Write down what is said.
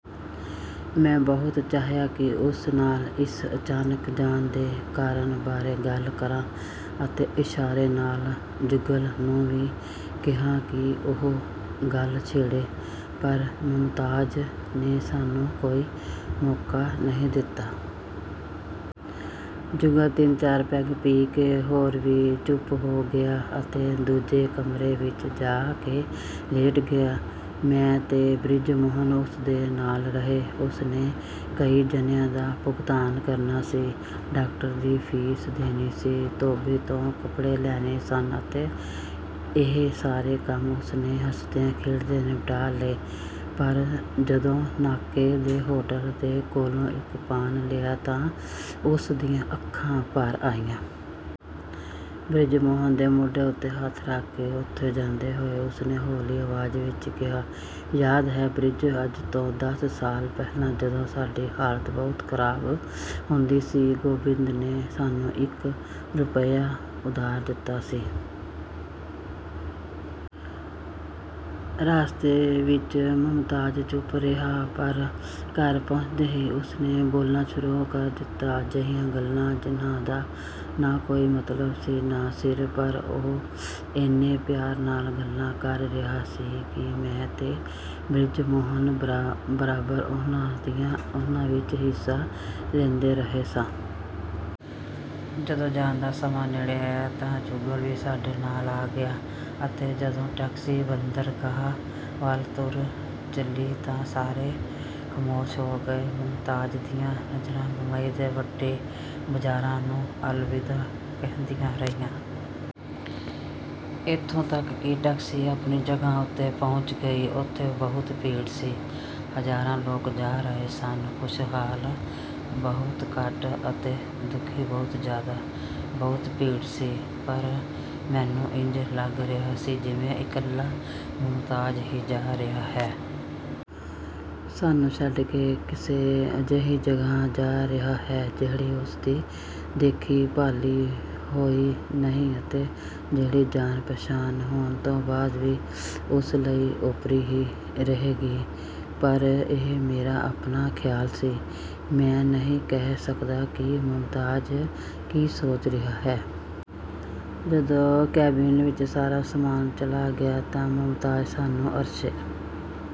ਮੈਂ ਬਹੁਤ ਚਾਹਿਆ ਕਿ ਉਸ ਨਾਲ ਇਸ ਅਚਾਨਕ ਜਾਣ ਦੇ ਕਾਰਨ ਬਾਰੇ ਗੱਲ ਕਰਾਂ, ਅਤੇ ਇਸ਼ਾਰੇ ਨਾਲ ਜੁਗਲ ਨੂੰ ਵੀ ਕਿਹਾ ਕਿ ਉਹ ਗੱਲ ਛੇੜੇ, ਪਰ ਮੁਮਤਾਜ਼ ਨੇ ਸਾਨੂੰ ਕੋਈ ਮੌਕਾ ਨਹੀਂ ਦਿੱਤਾ। ਜੁਗਲ ਤਿੰਨ-ਚਾਰ ਪੈੱਗ ਪੀ ਕੇ ਹੋਰ ਵੀ ਚੁੱਪ ਹੋ ਗਿਆ, ਅਤੇ ਦੂਜੇ ਕਮਰੇ ਵਿੱਚ ਜਾ ਕੇ ਲੇਟ ਗਿਆ। ਮੈਂ ਤੇ ਬ੍ਰਿਜਮੋਹਨ ਉਸ ਦੇ ਨਾਲ ਰਹੇ। ਉਸ ਨੇ ਕਈ ਜਣਿਆਂ ਦਾ ਭੁਗਤਾਨ ਕਰਨਾ ਸੀ, ਡਾਕਟਰ ਦੀ ਫੀਸ ਦੇਣੀ ਸੀ, ਧੋਬੀ ਤੋਂ ਕੱਪੜੇ ਲੈਣੇ ਸਨ ਤੇ ਇਹ ਸਾਰੇ ਕੰਮ ਉਸ ਨੇ ਹੱਸਦਿਆਂ-ਖੇਡਦਿਆਂ ਨਿਪਟਾ ਲਏ, ਪਰ ਜਦੋਂ ਨਾਕੇ ਦੇ ਹੋਟਲ ਦੇ ਕੋਲੋਂ ਇੱਕ ਪਾਨ ਲਿਆ ਤਾਂ ਉਸ ਦੀਆਂ ਅੱਖਾਂ ਭਰ ਆਈਆਂ। ਬ੍ਰਿਜਮੋਹਨ ਦੇ ਮੋਢੇ ਉੱਤੇ ਹੱਥ ਰੱਖ ਕੇ, ਉੱਥੋਂ ਜਾਂਦੇ ਹੋਏ, ਉਸ ਨੇ ਹੌਲੀ ਆਵਾਜ਼ ਵਿੱਚ ਕਿਹਾ, "ਯਾਦ ਹੈ ਬ੍ਰਿਜ, ਅੱਜ ਤੋਂ ਦਸ ਸਾਲ ਪਹਿਲਾਂ ਜਦੋਂ ਸਾਡੀ ਹਾਲਤ ਬਹੁਤ ਖਰਾਬ ਹੁੰਦੀ ਸੀ, ਗੋਬਿੰਦ ਨੇ ਸਾਨੂੰ ਇੱਕ ਰੁਪਈਆ ਉਧਾਰ ਦਿੱਤਾ ਸੀ।" ਰਸਤੇ ਵਿੱਚ ਮੁਮਤਾਜ਼ ਚੁੱਪ ਰਿਹਾ, ਪਰ ਘਰ ਪਹੁੰਚਦੇ ਹੀ ਉਸ ਨੇ ਬੋਲਣਾ ਸ਼ੁਰੂ ਕਰ ਦਿੱਤਾ, ਅਜਿਹੀਆਂ ਗੱਲਾਂ ਜਿਨ੍ਹਾਂ ਦਾ ਨਾ ਕੋਈ ਮਤਲਬ ਸੀ, ਨਾ ਸਿਰ, ਪਰ ਉਹ ਇੰਨੇ ਪਿਆਰ ਨਾਲ ਗੱਲਾਂ ਕਰ ਰਿਹਾ ਸੀ ਕਿ ਮੈਂ ਤੇ ਬ੍ਰਿਜਮੋਹਨ ਬਰਾਬਰ ਉਹਨਾਂ ਵਿੱਚ ਹਿੱਸਾ ਲੈਂਦੇ ਰਹੇ ਸਾਂ। ਜਦੋਂ ਜਾਣ ਦਾ ਸਮਾਂ ਨੇੜੇ ਆਇਆ ਤਾਂ ਜੁਗਲ ਵੀ ਸਾਡੇ ਨਾਲ ਆ ਗਿਆ, ਅਤੇ ਜਦੋਂ ਟੈਕਸੀ ਬੰਦਰਗਾਹ ਵੱਲ ਤੁਰ ਚੱਲੀ ਤਾਂ ਸਾਰੇ ਖਾਮੋਸ਼ ਹੋ ਗਏ। ਮੁਮਤਾਜ਼ ਦੀਆਂ ਨਜ਼ਰਾਂ ਬੰਬਈ ਦੇ ਵੱਡੇ ਬਾਜ਼ਾਰਾਂ ਨੂੰ ਅਲਵਿਦਾ ਕਹਿੰਦੀਆਂ ਰਹੀਆਂ। ਇੱਥੋਂ ਤੱਕ ਕਿ ਟੈਕਸੀ ਆਪਣੀ ਜਗ੍ਹਾ ਉੱਤੇ ਪਹੁੰਚ ਗਈ। ਉੱਥੇ ਬਹੁਤ ਭੀੜ ਸੀ। ਹਜ਼ਾਰਾਂ ਲੋਕ ਜਾ ਰਹੇ ਸਨ, ਖੁਸ਼ਹਾਲ ਬਹੁਤ ਘੱਟ, ਅਤੇ ਦੁਖੀ ਬਹੁਤ ਜ਼ਿਆਦਾ। ਬਹੁਤ ਭੀੜ ਸੀ, ਪਰ ਮੈਨੂੰ ਇੰਜ ਲੱਗ ਰਿਹਾ ਸੀ ਜਿਵੇਂ ਇਕੱਲਾ ਮੁਮਤਾਜ਼ ਹੀ ਜਾ ਰਿਹਾ ਹੈ। ਸਾਨੂੰ ਛੱਡ ਕੇ ਕਿਸੇ ਅਜਿਹੀ ਜਗ੍ਹਾ ਜਾ ਰਿਹਾ ਹੈ, ਜਿਹੜੀ ਉਸਦੀ ਦੇਖੀ-ਭਾਲੀ ਹੋਈ ਨਹੀਂ ਅਤੇ ਜਿਹੜੀ ਜਾਣ-ਪਛਾਣ ਹੋਣ ਤੋਂ ਬਾਅਦ ਵੀ ਉਸ ਲਈ ਓਪਰੀ ਹੀ ਰਹੇਗੀ। ਪਰ ਇਹ ਮੇਰਾ ਆਪਣਾ ਖਿਆਲ ਸੀ। ਮੈਂ ਨਹੀਂ ਕਹਿ ਸਕਦਾ ਕਿ ਮੁਮਤਾਜ਼ ਕੀ ਸੋਚ ਰਿਹਾ ਹੈ। ਜਦੋਂ ਕੈਬਿਨ ਵਿੱਚ ਸਾਰਾ ਸਾਮਾਨ ਚਲਾ ਗਿਆ ਤਾਂ ਮੁਮਤਾਜ਼ ਸਾਨੂੰ ਅਰਸ਼ੇ